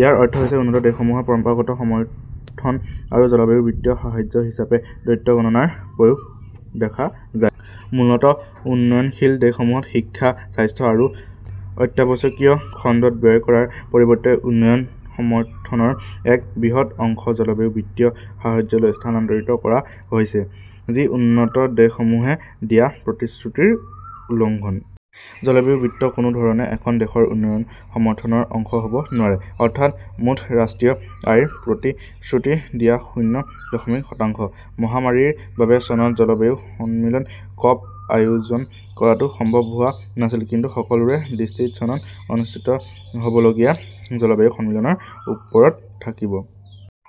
ইয়াৰ অৰ্থ হৈছে উন্নত দেশসমূহৰ পৰম্পৰাগত সমৰ্থন আৰু জলবায়ু বিত্তীয় সাহায্য হিচাপে দ্বৈত গণনাৰ প্ৰয়োগ দেখা যায়। মূলতঃ, উন্নয়নশীল দেশসমূহত শিক্ষা, স্বাস্থ্য আৰু অত্যাৱশ্যকীয় খণ্ডত ব্যয় কৰাৰ পৰিৱৰ্তে উন্নয়ন সমৰ্থনৰ এক বৃহৎ অংশ জলবায়ু বিত্তীয় সাহায্যলৈ স্থানান্তৰিত কৰা হৈছে, যি উন্নত দেশসমূহে দিয়া প্ৰতিশ্ৰুতিৰ উলংঘন। জলবায়ু বিত্ত কোনো ধৰণে এখন দেশৰ উন্নয়ন সমৰ্থনৰ অংশ হ "ব নোৱাৰে, অৰ্থাৎ মুঠ ৰাষ্ট্ৰীয় আয়ৰ প্ৰতিশ্ৰুতি দিয়া শূন্য দশমিক শতাংশ। মহামাৰীৰ বাবে চনত জলবায়ু সন্মিলন কপ- আয়োজন কৰাটো সম্ভৱ হোৱা নাছিল। কিন্তু সকলোৰে দৃষ্টি চনত অনুষ্ঠিত হ "বলগীয়া জলবায়ু সন্মিলনৰ ওপৰত থাকিব।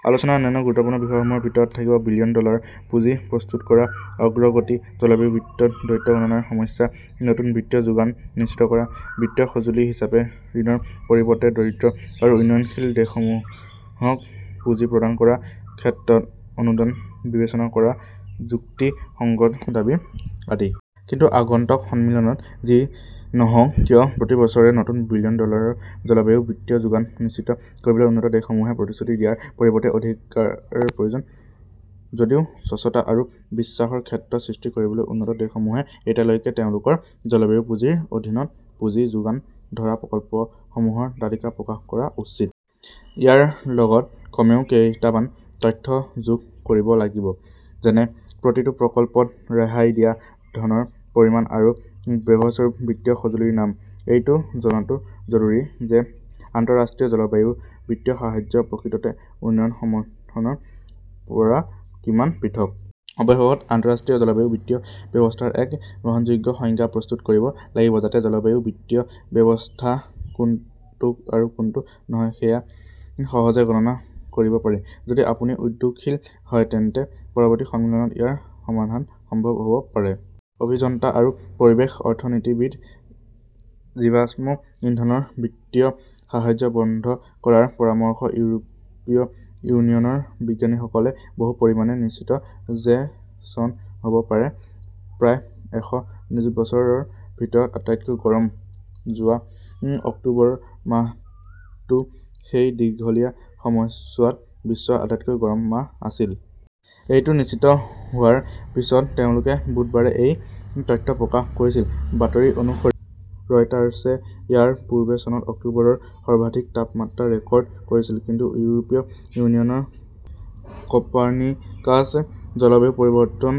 আলোচনাৰ অন্যান্য গুৰুত্বপূৰ্ণ বিষয়সমূহৰ ভিতৰত থাকিব বিলিয়ন ডলাৰৰ পুঁজি প্ৰস্তুত কৰাৰ অগ্ৰগতি, জলবায়ু বিত্তত দ্বৈত গণনাৰ সমস্যা, নতুন বিত্তীয় যোগান নিশ্চিত কৰা, বিত্তীয় সঁজুলি হিচাপে ঋণৰ পৰিৱৰ্তে দৰিদ্ৰ আৰু উন্নয়নশীল দেশসমূহক পুঁজি প্ৰদান কৰাৰ ক্ষেত্ৰত 'অনুদান "বিবেচনা কৰাৰ যুক্তিসঙ্গত দাবী আদি। কিন্তু আগন্তুক সন্মিলনত যি নহওক কিয়, প্ৰতি বছৰে নতুন বিলিয়ন ডলাৰৰ জলবায়ু বিত্তীয় যোগান নিশ্চিত কৰিবলৈ উন্নত দেশসমূহে প্ৰতিশ্ৰুতি দিয়াৰ পৰিৱৰ্তে অধিকৰ প্ৰয়োজন। যদিও স্বচ্ছতা আৰু বিশ্বাসৰ ক্ষেত্ৰ সৃষ্টি কৰিবলৈ উন্নত দেশসমূহে এতিয়ালৈকে তেওঁলোকৰ জলবায়ু পুঁজিৰ অধীনত পুঁজি যোগান ধৰা প্ৰকল্পসমূহৰ তালিকা প্ৰকাশ কৰা উচিত। ইয়াৰ লগত কমেও কেইটামান তথ্য যোগ কৰিব লাগিব। যেনে প্ৰতিটো প্ৰকল্পত ৰেহাই দিয়া ধনৰ পৰিমাণ আৰু ব্যৱহৃত বিত্তীয় সঁজুলিৰ নাম। এইটোও জনাটো জৰুৰী যে আন্তঃৰাষ্ট্ৰীয় জলবায়ু বিত্তীয় সাহায্য প্ৰকৃততে উন্নয়ন সমৰ্থনৰ পৰা কিমান পৃথক। অৱশেষত, আন্তঃৰাষ্ট্ৰীয় জলবায়ু বিত্তীয় ব্যৱস্থাৰ এক গ্ৰহণযোগ্য সংজ্ঞা প্ৰস্তুত কৰিব লাগিব, যাতে জলবায়ু বিত্তীয় ব্যৱস্থা কোনটো আৰু কোনটো নহয় সেয়া সহজে গণনা কৰিব পাৰি। যদি আপুনি উদ্যোগশীল হয় তেন্তে পৰৱৰ্তী সন্মিলনত ইয়াৰ সমাধান সম্ভৱ হ 'ব পাৰে। অভিযন্তা আৰু পৰিৱেশ অৰ্থনীতিবিদ। জীৱাশ্ম ইন্ধনৰ বিত্তীয় সাহায্য বন্ধ কৰাৰ পৰামৰ্শ ইউৰোপীয় ইউনিয়নৰ বিজ্ঞানীসকলে বহু পৰিমাণে নিশ্চিত যে চন হ 'ব পাৰে প্ৰায় এশ নিযুত বছৰৰ ভিতৰত আটাইতকৈ গৰম। যোৱা অক্টোবৰ মাহটো সেই দীঘলীয়া সময়ছোৱাত বিশ্বৰ আটাইতকৈ গৰম মাহ আছিল। এইটো নিশ্চিত হোৱাৰ পিছত তেওঁলোকে বুধবাৰে এই তথ্য প্ৰকাশ কৰিছিল। বাতৰি অনুসৰি, ৰয়টাৰ্ছে ইয়াৰ পূৰ্বে চনত অক্টোবৰৰ সৰ্বাধিক তাপমাত্ৰা ৰেকৰ্ড কৰিছিল। কিন্তু ইউৰোপীয় ইউনিয়নৰ ক 'পাৰ্নিকাছ জলবায়ু পৰিৱৰ্তন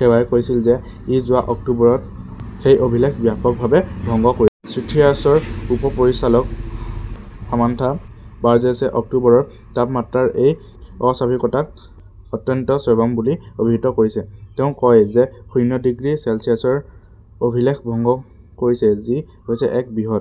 সেৱাই কৈছিল যে ই যোৱা অক্টোবৰত সেই অভিলেখ ব্যাপকভাৱে ভংগ কৰিছিল। ছিথ্ৰিয়াছৰ উপ-পৰিচালক সামান্থা বাৰ্জেছে অক্টোবৰৰ তাপমাত্ৰাৰ এই অস্বাভাৱিকতাক 'অত্যন্ত চৰম "বুলি অভিহিত কৰিছে। তেওঁ কয় যে শূন্যই ডিগ্ৰী চেলছিয়াছৰ অভিলেখ ভংগ কৰিছে, যি হৈছে এক বৃহৎ